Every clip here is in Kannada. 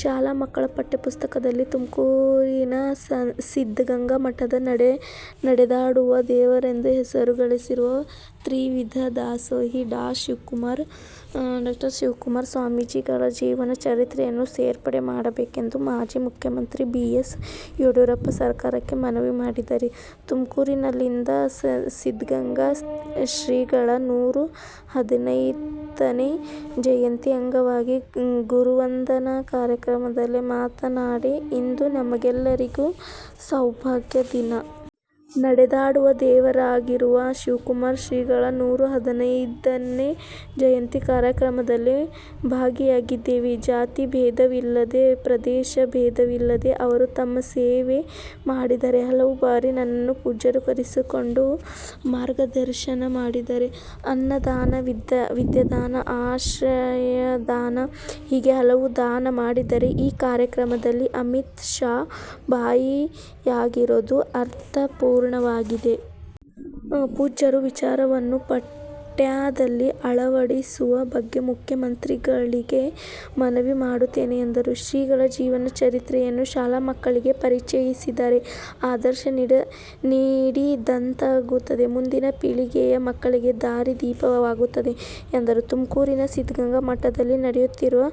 ಶಾಲಾ ಮಕ್ಕಳ ಪಠ್ಯಪುಸ್ತಕದಲ್ಲಿ ತುಮಕೂರಿನ ಸಿದ್ದಗಂಗಾ ಮಠದ ನಡೆದಾಡುವ ದೇವರೆಂದೇ ಹೆಸರು ಗಳಿಸಿರುವ ತ್ರಿವಿಧ ದಾಸೋಹಿ ಡಾ ಶಿವಕುಮಾರ ಸ್ವಾಮೀಜಿಗಳ ಜೀವನ ಚರಿತ್ರೆಯನ್ನು ಸೇರ್ಪಡೆ ಮಾಡಬೇಕೆಂದು ಮಾಜಿ ಮುಖ್ಯಮಂತ್ರಿ ಬಿ ಎಸ್ ಯಡಿಯೂರಪ್ಪ ಸರ್ಕಾರಕ್ಕೆ ಮನವಿ ಮಾಡಿದ್ದಾರೆ. ತುಮಕೂರಿನಲ್ಲಿಂದು ಸಿದ್ದಗಂಗಾ ಶ್ರೀಗಳ ನೂರಾ ಹದಿನೈದನೇ ಜಯಂತಿ ಅಂಗವಾಗಿ ಗುರುವಂದನಾ ಕಾರ್ಯಕ್ರಮದಲ್ಲಿ ಮಾತನಾಡಿ, ಇಂದು ನಮ್ಮೆಲ್ಲರಿಗೂ ಸೌಭಾಗ್ಯ ದಿನ. ನಡೆದಾಡುವ ದೇವರಾಗಿರುವ ಶಿವಕುಮಾರ ಶ್ರೀಗಳ ನೂರಾ ಹದಿನೈದನೇ ಜಯಂತಿ ಕಾರ್ಯಕ್ರಮದಲ್ಲಿ ಭಾಗಿಯಾಗಿದ್ದೇವೆ. ಜಾತಿ ಭೇದವಿಲ್ಲದೆ ಪ್ರದೇಶ ಭೇದವಿಲ್ಲದೆ ಅವರು ತಮ್ಮ ಸೇವೆ ಮಾಡಿದ್ದಾರೆ. ಹಲವು ಬಾರಿ ನನ್ನನ್ನು ಪೂಜ್ಯರು ಕರೆಸಿಕೊಂಡು ಮಾರ್ಗದರ್ಶನ ಮಾಡಿದ್ದಾರೆ. ಅನ್ನದಾನ ವಿದ್ಯಾದಾನ, ಆಶ್ರಯದಾನ ಹೀಗೆ ಹಲವು ದಾನ ಮಾಡಿದ್ದಾರೆ. ಈ ಕಾರ್ಯಕ್ರಮದಲ್ಲಿ ಅಮಿತ್ ಶಾ ಭಾಗಿಯಾಗಿರೋದು ಅರ್ಥಪೂರ್ಣವಾಗಿದೆ. ಪೂಜ್ಯರ ವಿಚಾರವನ್ನು ಪಠ್ಯದಲ್ಲಿ ಅಳವಡಿಸುವ ಬಗ್ಗೆ ಮುಖ್ಯ ಮಂತ್ರಿಗಳಿಗೆ ಮನವಿ ಮಾಡುತ್ತೇನೆ ಎಂದರು. ಶ್ರೀಗಳ ಜೀವನ ಚರಿತ್ರೆಯನ್ನು ಶಾಲಾ ಮಕ್ಕಳಿಗೆ ಪರಿಚಯಿಸಿದರೆ ಆದರ್ಶ ನೀಡಿದಂತಾಗುತ್ತದೆ, ಮುಂದಿನ ಪೀಳಿಗೆಯ ಮಕ್ಕಳಿಗೆ ದಾರಿದೀಪವಾಗುತ್ತದೆ ಎಂದರು. ತುಮಕೂರಿನ ಸಿದ್ದಗಂಗಾ ಮಠದಲ್ಲಿ ನಡೆಯುತ್ತಿರುವ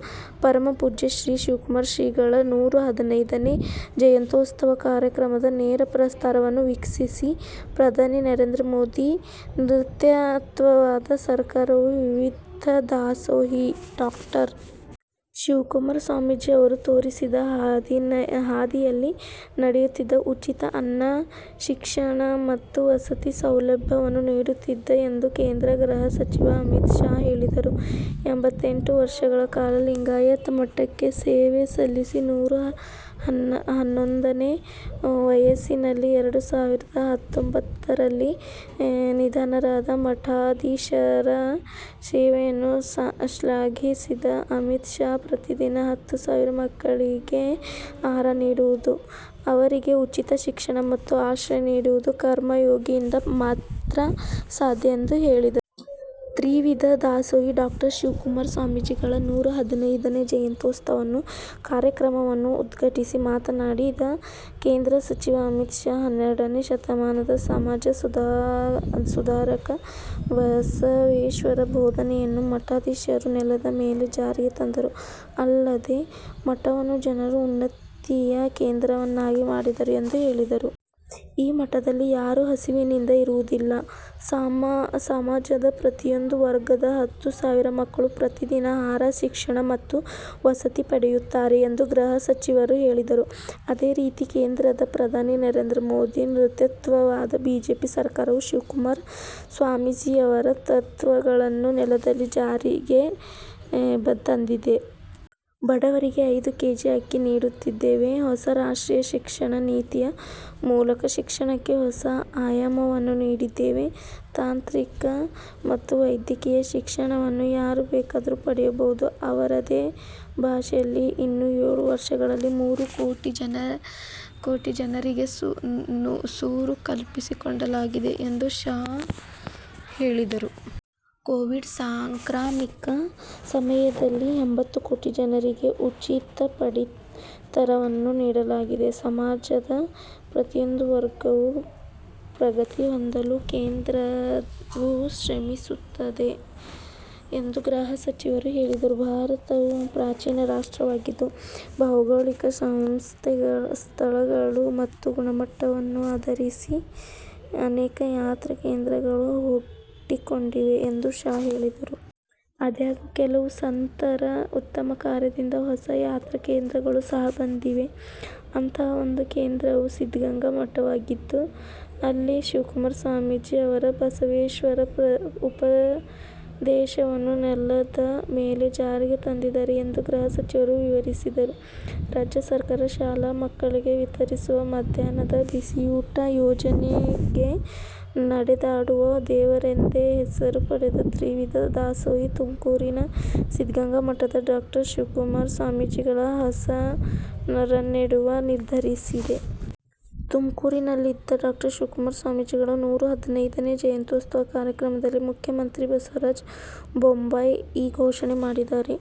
ಪರಮಪೂಜ್ಯ ಶ್ರೀ ಶಿವಕುಮಾರ ಶ್ರೀಗಳ ನೂರಾ ಹದಿನೈದನೇ ಜಯಂತೋತ್ಸವ ಕಾರ್ಯಕ್ರಮದ ನೇರ ಪ್ರಸಾರವನ್ನು ವೀಕ್ಷಿಸಿ, ಪ್ರಧಾನಿ ನರೇಂದ್ರ ಮೋದಿ ನೇತೃತ್ವದ ಸರ್ಕಾರವು ತ್ರಿವಿಧ ದಾಸೋಹಿ ಡಾ. ಶಿವಕುಮಾರ ಸ್ವಾಮೀಜಿ ಅವರು ತೋರಿಸಿದ ಹಾದಿಯಲ್ಲಿ ನಡೆಯುತ್ತಿದ್ದು, ಉಚಿತ ಅನ್ನ, ಶಿಕ್ಷಣ ಮತ್ತು ವಸತಿ ಸೌಲಭ್ಯವನ್ನು ನೀಡುತ್ತಿದೆ ಎಂದು ಕೇಂದ್ರ ಗೃಹ ಸಚಿವ ಅಮಿತ್ ಶಾ ಹೇಳಿದರು. ಎಂಬತ್ತೆಂಟು ವರ್ಷಗಳ ಕಾಲ ಲಿಂಗಾಯತ ಮಠಕ್ಕೆ ಸೇವೆ ಸಲ್ಲಿಸಿ ನೂರಾ ಹನ್ನೊಂದನೇ ವಯಸ್ಸಿನಲ್ಲಿ ಎರಡು ಸಾವಿರದ ಹತ್ತೊಂಬತ್ತರಲ್ಲಿ ನಿಧನರಾದ ಮಠಾಧೀಶರ ಸೇವೆಯನ್ನು ಶ್ಲಾಘಿಸಿದ ಅಮಿತ್ ಶಾ, ಪ್ರತಿದಿನ ಹತ್ತು ಸಾವಿರ ಮಕ್ಕಳಿಗೆ ಆಹಾರ ನೀಡುವುದು, ಅವರಿಗೆ ಉಚಿತ ಶಿಕ್ಷಣ ಮತ್ತು ಆಶ್ರಯ ನೀಡುವುದು 'ಕರ್ಮಯೋಗಿ'ಯಿಂದ ಮಾತ್ರ ಸಾಧ್ಯ ಎಂದು ಹೇಳಿದರು. ತ್ರಿವಿಧ ದಾಸೋಹಿ ಡಾ. ಶಿವಕುಮಾರ ಸ್ವಾಮೀಜಿಗಳ ನೂರಾ ಹದಿನೈದನೇ ಜಯಂತ್ಯೋತ್ಸವ ಕಾರ್ಯಕ್ರಮವನ್ನು ಉದ್ಘಾಟಿಸಿ ಮಾತನಾಡಿದ ಕೇಂದ್ರ ಸಚಿವ ಅಮಿತ್ ಶಾ, ಹನ್ನೆರಡನೇ ಶತಮಾನದ ಸಮಾಜ ಸುಧಾರಕ ಬಸವೇಶ್ವರರ ಬೋಧನೆಯನ್ನು ಮಠಾಧೀಶರು ನೆಲದ ಮೇಲೆ ಜಾರಿಗೆ ತಂದರು. ಅಲ್ಲದೆ ಮಠವನ್ನು ಜನರ ಉನ್ನತಿಯ ಕೇಂದ್ರವನ್ನಾಗಿ ಮಾಡಿದರು ಎಂದು ಹೇಳಿದರು. 'ಈ ಮಠದಲ್ಲಿ ಯಾರೂ ಹಸಿವಿನಿಂದ ಇರುವುದಿಲ್ಲ. ಸಮಾಜದ ಪ್ರತಿಯೊಂದು ವರ್ಗದ ಹತ್ತು ಸಾವಿರ ಮಕ್ಕಳು ಪ್ರತಿದಿನ ಆಹಾರ, ಶಿಕ್ಷಣ ಮತ್ತು ವಸತಿ ಪಡೆಯುತ್ತಾರೆ ಎಂದು ಗೃಹ ಸಚಿವರು ಹೇಳಿದರು. ಅದೇ ರೀತಿ ಕೇಂದ್ರದ ಪ್ರಧಾನಿ ನರೇಂದ್ರ ಮೋದಿ ನೇತೃತ್ವದ ಬಿಜೆಪಿ ಸರಕಾರವು ಶಿವಕುಮಾರ ಸ್ವಾಮೀಜಿಯವರ ತತ್ವಗಳನ್ನು ನೆಲದಲ್ಲಿ ಜಾರಿಗೆ ತಂದಿದೆ. ಬಡವರಿಗೆ ಐದು ಕೆಜಿ ಅಕ್ಕಿ ನೀಡುತ್ತಿದ್ದೇವೆ. ಹೊಸ ರಾಷ್ಟ್ರೀಯ ಶಿಕ್ಷಣ ನೀತಿಯ ಮೂಲಕ ಶಿಕ್ಷಣಕ್ಕೆ ಹೊಸ ಆಯಾಮವನ್ನು ನೀಡಿದ್ದೇವೆ. ತಾಂತ್ರಿಕ ಮತ್ತು ವೈದ್ಯಕೀಯ ಶಿಕ್ಷಣವನ್ನು ಯಾರು ಬೇಕಾದರೂ ಪಡೆಯಬಹುದು. ಅವರದೇ ಭಾಷೆಯಲ್ಲಿ. ಇನ್ನು ಏಳು ವರ್ಷಗಳಲ್ಲಿ ಮೂರು ಕೋಟಿ ಜನರಿಗೆ ಸೂರು ಕಲ್ಪಿಸಿಕೊಡಲಾಗಿದೆ ಎಂದು ಶಾ ಹೇಳಿದರು. ಕೋವಿಡ್ ಸಾಂಕ್ರಾಮಿಕ ಸಮಯದಲ್ಲಿ, ಎಂಬತ್ತು ಕೋಟಿ ಜನರಿಗೆ ಉಚಿತ ಪಡಿತರವನ್ನು ನೀಡಲಾಗಿದೆ. ಸಮಾಜದ ಪ್ರತಿಯೊಂದು ವರ್ಗವೂ ಪ್ರಗತಿ ಹೊಂದಲು ಕೇಂದ್ರವು ಶ್ರಮಿಸುತ್ತಿದೆ ಎಂದು ಗೃಹ ಸಚಿವರು ಹೇಳಿದರು. ಭಾರತವು ಪ್ರಾಚೀನ ರಾಷ್ಟ್ರವಾಗಿದ್ದು, ಭೌಗೋಳಿಕ ಸ್ಥಳಗಳು ಮತ್ತು ಗುಣಮಟ್ಟವನ್ನು ಆಧರಿಸಿ ಅನೇಕ ಯಾತ್ರಾ ಕೇಂದ್ರಗಳು ಹುಟ್ಟಿಕೊಂಡಿವೆ ಎಂದು ಶಾ ಹೇಳಿದರು. ಆದಾಗ್ಯೂ, ಕೆಲವು ಸಂತರ ಉತ್ತಮ ಕಾರ್ಯದಿಂದ ಹೊಸ ಯಾತ್ರಾ ಕೇಂದ್ರಗಳು ಸಹ ಬಂದಿವೆ. ಅಂತಹ ಒಂದು ಕೇಂದ್ರವು ಸಿದ್ದಗಂಗಾ ಮಠವಾಗಿದ್ದು, ಅಲ್ಲಿ ಶಿವಕುಮಾರ ಸ್ವಾಮೀಜಿ ಅವರು ಬಸವೇಶ್ವರರ ಉಪದೇಶವನ್ನು ನೆಲದ ಮೇಲೆ ಜಾರಿಗೆ ತಂದಿದ್ದಾರೆ ಎಂದು ಗೃಹ ಸಚಿವರು ವಿವರಿಸಿದರು. ರಾಜ್ಯ ಸರ್ಕಾರ ಶಾಲಾ ಮಕ್ಕಳಿಗೆ ವಿತರಿಸುವ ಮಧ್ಯಾಹ್ನದ ಬಿಸಿಯೂಟ ಯೋಜನೆಗೆ ನಡೆದಾಡುವ ದೇವರೆಂದೇ ಹೆಸರು ಪಡೆದ ತ್ರಿವಿಧ ದಾಸೋಹಿ ತುಮಕೂರಿನ ಸಿದ್ದಗಂಗಾ ಮಠದ ಡಾ ಶಿವಕುಮಾರ ಸ್ವಾಮೀಜಿಗಳ ಹೆಸರನ್ನಿಡಲು ನಿರ್ಧರಿಸಿದೆ. ತುಮಕೂರಿನಲ್ಲಿಂದು ಡಾ ಶಿವಕುಮಾರ ಸ್ವಾಮೀಜಿಗಳ ನೂರಾ ಹದಿನೈದನೇ ಜಯಂತ್ಯೋತ್ಸವ ಕಾರ್ಯಕ್ರಮದಲ್ಲಿ ಮುಖ್ಯಮಂತ್ರಿ ಬಸವರಾಜ ಬೊಮ್ಮಾಯಿ ಈ ಘೋಷಣೆ ಮಾಡಿದ್ದಾರೆ.